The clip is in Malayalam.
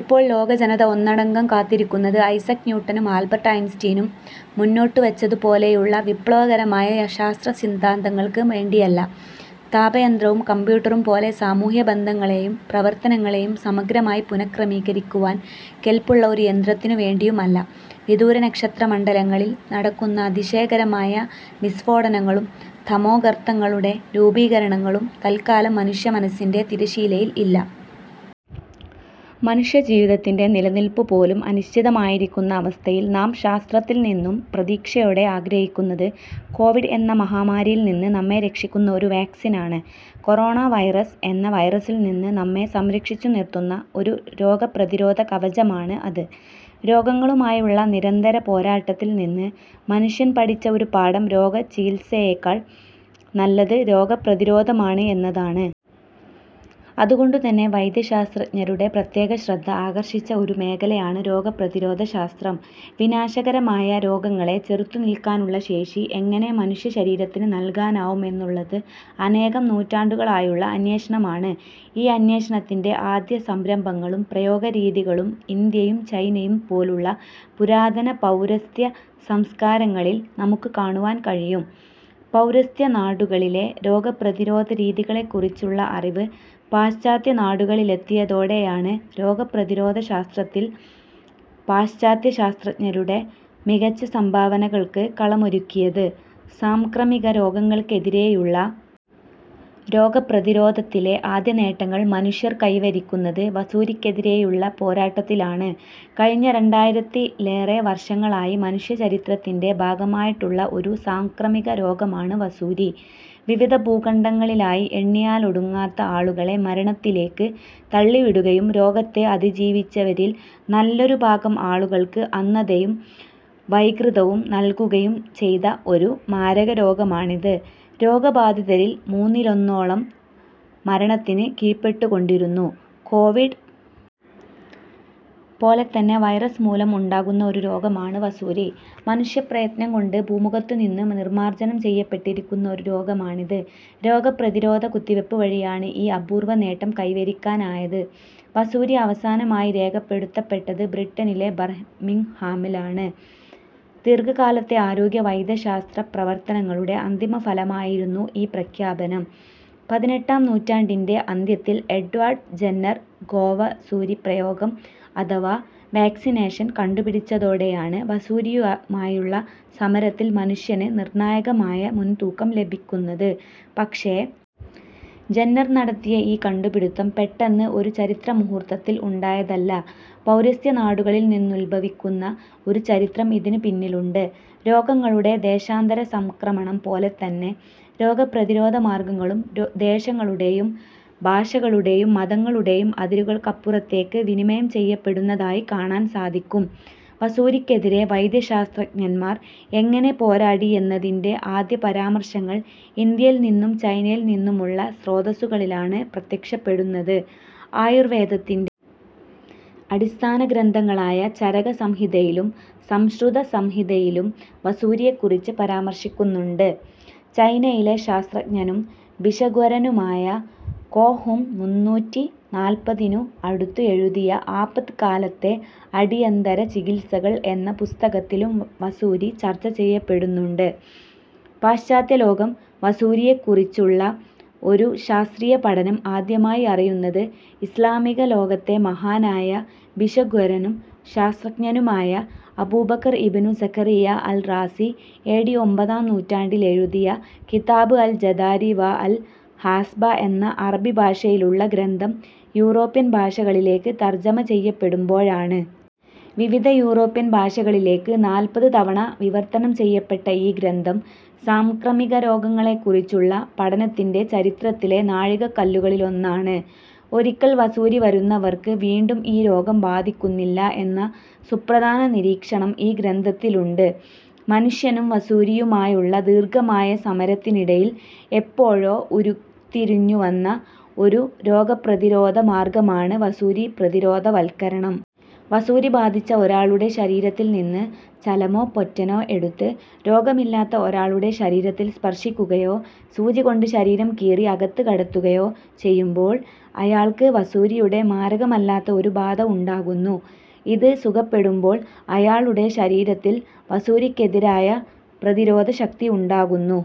ഇപ്പോൾ ലോകജനത ഒന്നടങ്കം കാത്തിരിക്കുന്നത് ഐസക് ന്യൂട്ടനും ആൽബർട്ട് ഐൻസ്റ്റീനും മുന്നോട്ടുവച്ചതുപോലെയുള്ള വിപ്ലവകരമായ ശാസ്ത്രസിദ്ധാന്തങ്ങൾക്ക് വേണ്ടിയല്ല. താപയന്ത്രവും കമ്പ്യൂട്ടറും പോലെ സാമൂഹ്യബന്ധങ്ങളെയും പ്രവർത്തനങ്ങളെയും സമഗ്രമായി പുനഃക്രമീകരിക്കുവാൻ കെൽപ്പുള്ള ഒരു യന്ത്രത്തിനുവേണ്ടിയും അല്ല. വിദൂര നക്ഷത്രമണ്ഡലങ്ങളിൽ നടക്കുന്ന അതിശയകരമായ വിസ്ഫോടനങ്ങളും തമോഗർത്തങ്ങളുടെ രൂപീകരണങ്ങളും തൽക്കാലം മനുഷ്യമനസ്സിൻ്റെ തിരശ്ശീലയിൽ ഇല്ല. മനുഷ്യജീവിതത്തിൻ്റെ നിലനിൽപ്പുപോലും അനിശ്ചിതമായിരിക്കുന്ന അവസ്ഥയിൽ നാം ശാസ്ത്രത്തിൽനിന്നും പ്രതീക്ഷയോടെ ആഗ്രഹിക്കുന്നത് കോവിഡ് എന്ന മഹാമാരിയിൽനിന്ന് നമ്മെ രക്ഷിക്കുന്ന ഒരു വാക്സിനാണ്. കൊറോണ വൈറസ് എന്ന വൈറസിൽനിന്ന് നമ്മെ സംരക്ഷിച്ചുനിർത്തുന്ന ഒരു രോഗപ്രതിരോധ കവചമാണ് അത്. രോഗങ്ങളുമായുള്ള നിരന്തര പോരാട്ടത്തിൽ നിന്ന് മനുഷ്യൻ പഠിച്ച ഒരു പാഠം രോഗചികിത്സയേക്കാൾ നല്ലത് രോഗപ്രതിരോധമാണ് എന്നതാണ്. അതുകൊണ്ടുതന്നെ വൈദ്യശാസ്ത്രജ്ഞരുടെ പ്രത്യേകശ്രദ്ധ ആകർഷിച്ച ഒരു മേഖലയാണ് രോഗപ്രതിരോധശാസ്ത്രം. വിനാശകരമായ രോഗങ്ങളെ ചെറുത്തുനിൽക്കാനുള്ള ശേഷി എങ്ങനെ മനുഷ്യശരീരത്തിന് നൽകാനാവും എന്നുള്ളത് അനേകം നൂറ്റാണ്ടുകളായുള്ള അന്വേഷണമാണ്. ഈ അന്വേഷണത്തിൻ്റെ ആദ്യസംരംഭങ്ങളും പ്രയോഗരീതികളും ഇന്ത്യയും ചൈനയും പോലുള്ള പുരാതന പൗരസ്ത്യ സംസ്കാരങ്ങളിൽ നമുക്ക് കാണുവാൻ കഴിയും. പൗരസ്ത്യനാടുകളിലെ രോഗപ്രതിരോധരീതികളെക്കുറിച്ചുള്ള അറിവ് പാശ്ചാത്യനാടുകളിലെത്തിയതോടെയാണ് രോഗപ്രതിരോധശാസ്ത്രത്തിൽ പാശ്ചാത്യശാസ്ത്രജ്ഞരുടെ മികച്ച സംഭാവനകൾക്ക് കളമൊരുങ്ങിയത്. സാംക്രമികരോഗങ്ങൾക്കെതിരെയുള്ള രോഗപ്രതിരോധത്തിലെ ആദ്യനേട്ടങ്ങൾ മനുഷ്യർ കൈവരിക്കുന്നത് വസൂരിക്കെതിരെയുള്ള പോരാട്ടത്തിലാണ്. കഴിഞ്ഞ രണ്ടായിരത്തിലേറെ വർഷങ്ങളായി മനുഷ്യചരിത്രത്തിൻ്റെ ഭാഗമായിട്ടുള്ള ഒരു സാംക്രമികരോഗമാണ് വസൂരി. വിവിധ ഭൂഖണ്ഡങ്ങളിലായി എണ്ണിയാലൊടുങ്ങാത്ത ആളുകളെ മരണത്തിലേക്ക് തള്ളിവിടുകയും രോഗത്തെ അതിജീവിച്ചവരിൽ നല്ലൊരു ഭാഗം ആളുകൾക്ക് അന്ധതയും വൈകൃതവും നൽകുകയും ചെയ്ത ഒരു മാരകരോഗമാണിത്. രോഗബാധിതരിൽ മൂന്നിലൊന്നോളം മരണത്തിന് കീഴ്പ്പെട്ടുകൊണ്ടിരുന്നു. കോവിഡ് പോലെതന്നെ വൈറസ് മൂലം ഉണ്ടാകുന്ന ഒരു രോഗമാണ് വസൂരി. മനുഷ്യപ്രയത്നം കൊണ്ട് ഭൂമുഖത്തുനിന്ന് നിർമ്മാർജനം ചെയ്യപ്പെട്ടിരിക്കുന്ന ഒരു രോഗമാണിത്. രോഗപ്രതിരോധ കുത്തിവയ്പ്പ് വഴിയാണ് ഈ അപൂർവനേട്ടം കൈവരിക്കാനായത്. വസൂരി അവസാനമായി രേഖപ്പെടുത്തപ്പെട്ടത് ബ്രിട്ടനിലെ ബർമിംഗ്ഹാമിലാണ്. ദീർഘകാലത്തെ ആരോഗ്യ വൈദ്യശാസ്ത്ര പ്രവർത്തനങ്ങളുടെ അന്തിമഫലമായിരുന്നു ഈ പ്രഖ്യാപനം. പതിനെട്ടാം നൂറ്റാണ്ടിൻ്റെ അന്ത്യത്തിൽ എഡ്വാർഡ് ജെന്നർ ഗോവസൂരിപ്രയോഗം അഥവാ വാക്സിനേഷൻ കണ്ടുപിടിച്ചതോടെയാണ് വസൂരിയുമായുള്ള സമരത്തിൽ മനുഷ്യന് നിർണായകമായ മുൻതൂക്കം ലഭിക്കുന്നത്. പക്ഷേ ജെന്നർ നടത്തിയ ഈ കണ്ടുപിടിത്തം പെട്ടെന്ന് ഒരു ചരിത്രമുഹൂർത്തത്തിൽ ഉണ്ടായതല്ല. പൗരസ്ത്യനാടുകളിൽനിന്നുത്ഭവിക്കുന്ന ഒരു ചരിത്രം ഇതിന് പിന്നിലുണ്ട്. രോഗങ്ങളുടെ ദേശാന്തരസംക്രമണം പോലെത്തന്നെ രോഗപ്രതിരോധ മാർഗങ്ങളും ദേശങ്ങളുടെയും ഭാഷകളുടെയും മതങ്ങളുടെയും അതിരുകൾക്കപ്പുറത്തേക്ക് വിനിമയം ചെയ്യപ്പെടുന്നതായി കാണാൻ സാധിക്കും. വസൂരിക്കെതിരെ വൈദ്യശാസ്ത്രജ്ഞന്മാർ എങ്ങനെ പോരാടി എന്നതിൻ്റെ ആദ്യപരാമർശങ്ങൾ ഇന്ത്യയിൽനിന്നും ചൈനയിൽനിന്നുമുള്ള സ്രോതസ്സുകളിലാണ് പ്രത്യക്ഷപ്പെടുന്നത്. ആയുർവേദത്തിൻ്റെ അടിസ്ഥാന ഗ്രന്ഥങ്ങളായ ചരകസംഹിതയിലും സുശ്രുതസംഹിതയിലും വസൂരിയെക്കുറിച്ച് പരാമർശിക്കുന്നുണ്ട്. ചൈനയിലെ ശാസ്ത്രജ്ഞനും ഭിഷഗ്വരനുമായ കോ ഹുംഗ് മുന്നൂറ്റിനാൽപ്പതിനു അടുത്ത് എഴുതിയ ആപത്കാലത്തെ അടിയന്തര ചികിത്സകൾ എന്ന പുസ്തകത്തിലും വസൂരി ചർച്ച ചെയ്യപ്പെടുന്നുണ്ട്. പാശ്ചാത്യലോകം വസൂരിയെക്കുറിച്ചുള്ള ഒരു ശാസ്ത്രീയപഠനം ആദ്യമായി അറിയുന്നത് ഇസ്ലാമിക ലോകത്തെ മഹാനായ ഭിഷഗ്വരനും ശാസ്ത്രജ്ഞനുമായ Abu Bakr ibn Zakariya al Razi A D ഒമ്പതാം നൂറ്റാണ്ടിലെഴുതിയ കിതാബ് അൽ ജദാരി വാ അൽ ഹാസ്ബ എന്ന അറബിഭാഷയിലുള്ള ഗ്രന്ഥം യൂറോപ്യൻ ഭാഷകളിലേക്ക് തർജ്ജമ ചെയ്യപ്പെടുമ്പോഴാണ്. വിവിധ യൂറോപ്യൻ ഭാഷകളിലേക്ക് നാൽപ്പത് തവണ വിവർത്തനം ചെയ്യപ്പെട്ട ഈ ഗ്രന്ഥം സാംക്രമികരോഗങ്ങളെക്കുറിച്ചുള്ള പഠനത്തിൻ്റെ ചരിത്രത്തിലെ നാഴികക്കല്ലുകളിലൊന്നാണ്. ഒരിക്കൽ വസൂരി വരുന്നവർക്ക് വീണ്ടും ഈ രോഗം ബാധിക്കുന്നില്ല എന്ന സുപ്രധാന നിരീക്ഷണം ഈ ഗ്രന്ഥത്തിലുണ്ട്. മനുഷ്യനും വസൂരിയുമായുള്ള ദീർഘമായ സമരത്തിനിടയിൽ എപ്പോഴോ ഉരുത്തിരിഞ്ഞുവന്ന ഒരു രോഗപ്രതിരോധ മാർഗമാണ് വസൂരി പ്രതിരോധവൽക്കരണം. വസൂരി ബാധിച്ച ഒരാളുടെ ശരീരത്തിൽനിന്ന് ചലമോ പൊറ്റനോ എടുത്ത് രോഗമില്ലാത്ത ഒരാളുടെ ശരീരത്തിൽ സ്പർശിക്കുകയോ സൂചികൊണ്ട് ശരീരം കീറി അകത്ത് കടത്തുകയോ ചെയ്യുമ്പോൾ അയാൾക്ക് വസൂരിയുടെ മാരകമല്ലാത്ത ഒരു ബാധ ഉണ്ടാകുന്നു. ഇത് സുഖപ്പെടുമ്പോൾ അയാളുടെ ശരീരത്തിൽ വസൂരിക്കെതിരായ പ്രതിരോധശക്തി ഉണ്ടാകുന്നു.